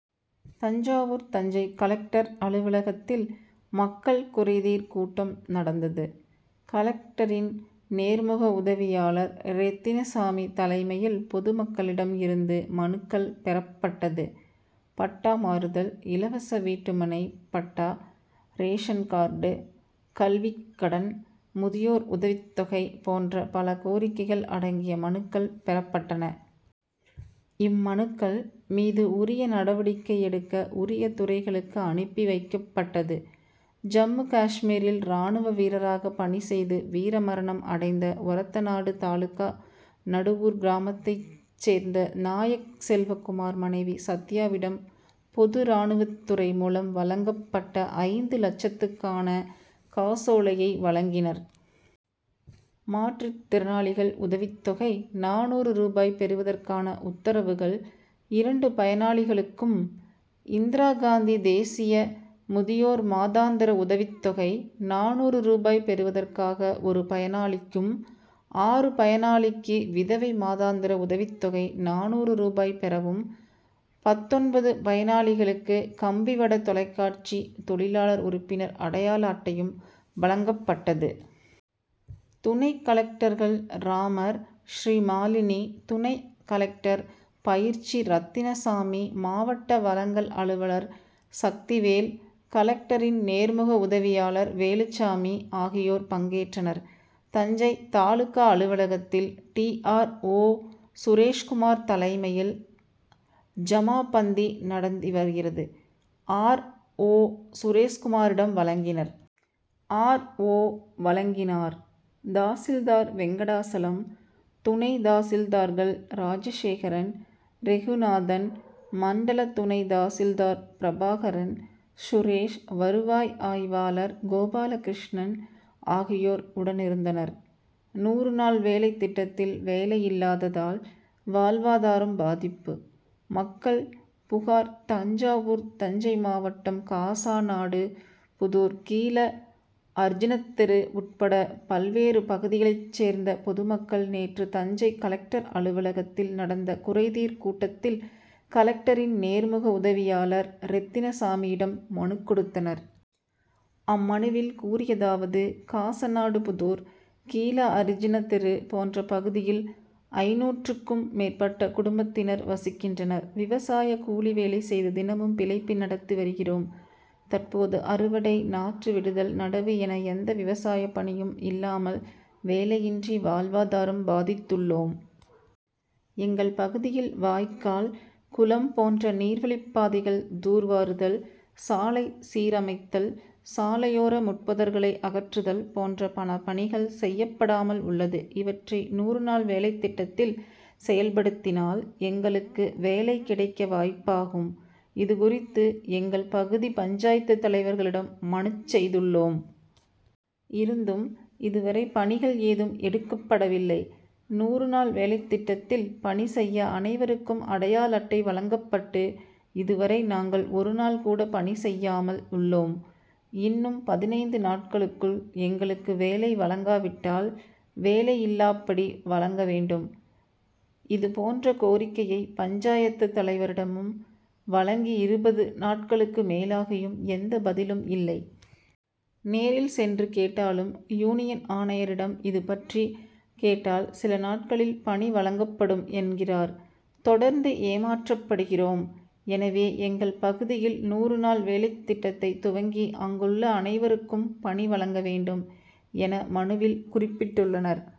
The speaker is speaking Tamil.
தஞ்சாவூர் தஞ்சை கலெக்டர் அலுவலகத்தில் மக்கள் குறைதீர் கூட்டம் நடந்தது. கலெக்டரின் நேர்முக உதவியாளர் ரெத்தினசாமி தலைமையில் பொதுமக்களிடம் இருந்து மனுக்கள் பெறப்பட்டது. பட்டா மாறுதல், இலவச வீட்டுமனை பட்டா, ரேஷன் கார்டு, கல்விக்கடன், முதியோர் உதவித்தொகை போன்ற பல கோரிக்கைகள் அடங்கிய மனுக்கள் பெறப்பட்டன. இம்மனுக்கள் மீது உரிய நடவடிக்கை எடுக்க உரிய துறைகளுக்கு அனுப்பி வைக்கப்பட்டது. ஜம்மு காஷ்மீரில் ராணுவ வீரராக பணி செய்து வீரமரணம் அடைந்த ஒரத்தநாடு தாலுகா நடுவூர் கிராமத்தைச் சேர்ந்த நாயக்செல்வகுமார் மனைவி சத்யாவிடம் பொது ராணுவத்துறை மூலம் வழங்கப்பட்ட ஐந்து லட்சத்துக்கான காசோலையை வழங்கினர். மாற்றுத்திறனாளிகள் உதவித்தொகை நானூறு ரூபாய் பெறுவதற்கான உத்தரவுகள் இரண்டு பயனாளிகளுக்கும், இந்திராகாந்தி தேசிய முதியோர் மாதாந்திர உதவித்தொகை நானூறு ரூபாய் பெறுவதற்காக ஒரு பயனாளிக்கும், ஆறு பயனாளிக்கு விதவை மாதாந்திர உதவித்தொகை நானூறு ரூபாய் பெறவும், பத்தொன்பது பயனாளிகளுக்கு கம்பிவட தொலைக்காட்சி தொழிலாளர் உறுப்பினர் அடையாள அட்டையும் வழங்கப்பட்டது. துணை கலெக்டர்கள் ராமர், ஸ்ரீமாலினி, துணை கலெக்டர் பயிற்சி ரத்தினசாமி, மாவட்ட வழங்கல் அலுவலர் சக்திவேல், கலெக்டரின் நேர்முக உதவியாளர் வேலுசாமி ஆகியோர் பங்கேற்றனர். தஞ்சை தாலுகா அலுவலகத்தில் டி. ஆர். ஓ., சுரேஷ்குமார் தலைமையில் ஜமாபந்தி நடந்து வருகிறது. ஆர். ஓ., சுரேஷ்குமாரிடம் வழங்கினர். ஆர். ஓ., வழங்கினார். தாசில்தார் வெங்கடாசலம், துணை தாசில்தார்கள் ராஜசேகரன், ரெகுநாதன், மண்டல துணை தாசில்தார் பிரபாகரன், சுரேஷ், வருவாய் ஆய்வாளர் கோபாலகிருஷ்ணன் ஆகியோர் உடனிருந்தனர். நூறு நாள் வேலை திட்டத்தில் வேலையில்லாததால் வாழ்வாதாரம் பாதிப்பு: மக்கள் புகார் தஞ்சாவூர் தஞ்சை மாவட்டம் காசாநாடு புதூர் கீழஅர்ஜனத்தெரு உட்பட பல்வேறு பகுதியைச் சேர்ந்த பொதுமக்கள் நேற்று தஞ்சை கலெக்டர் அலுவலகத்தில் நடந்த குறைதீர் கூட்டத்தில் கலெக்டரின் நேர்முக உதவியாளர் ரெத்தினசாமியிடம் மனுக்கொடுத்தனர். அம்மனுவில் கூறியதாவது: காசநாடு புதூர், கீழ அரிஜன தெரு போன்ற பகுதியில் ஐந்நூற்றுக்கும் மேற்பட்ட குடும்பத்தினர் வசிக்கின்றனர். விவசாய கூலி வேலை செய்து தினமும் பிழைப்பு நடத்தி வருகிறோம். தற்போது அறுவடை, நாற்றுவிடுதல், நடவு என எந்த விவசாய பணியும் இல்லாமல் வேலையின்றி வாழ்வாதாரம் பாதித்துள்ளோம். எங்கள் பகுதியில் வாய்கால், குளம் போன்ற நீர்வழிப்பாதைகள் தூர்வாருதல், சாலை சீரமைத்தல், சாலையோர முட்புதர்களை அகற்றுதல் போன்ற பல பணிகள் செய்யப்படாமல் உள்ளது. இவற்றை நூறு நாள் வேலை திட்டத்தில் செயல்படுத்தினால், எங்களுக்கு வேலை கிடைக்க வாய்ப்பாகும். இதுகுறித்து, எங்கள் பகுதி பஞ்சாயத்து தலைவர்களிடம் மனுச் செய்துள்ளோம். இருந்தும், இதுவரை பணிகள் ஏதும் எடுக்கப்படவில்லை. நூறு நாள் வேலை திட்டத்தில் பணி செய்ய அனைவருக்கும் அடையாள அட்டை வழங்கப்பட்டு, இதுவரை நாங்கள் ஒரு நாள் கூட பணி செய்யாமல் உள்ளோம். இன்னும் பதினைந்து நாட்களுக்குள் எங்களுக்கு வேலை வழங்காவிட்டால் வேலையில்லாப்படி வழங்க வேண்டும். இதுபோன்ற கோரிக்கையை பஞ்சாயத்து தலைவரிடமும் வழங்கி இருபது நாட்களுக்கு மேலாகியும் எந்த பதிலும் இல்லை. நேரில் சென்று கேட்டாலும், யூனியன் ஆணையரிடம் இதுபற்றி கேட்டால் சில நாட்களில் பணி வழங்கப்படும் என்கிறார். தொடர்ந்து ஏமாற்றப்படுகிறோம். எனவே, எங்கள் பகுதியில் நூறு நாள் வேலைத்திட்டத்தை துவங்கி அங்குள்ள அனைவருக்கும் பணி வழங்க வேண்டும், என மனுவில் குறிப்பிட்டுள்ளனர்.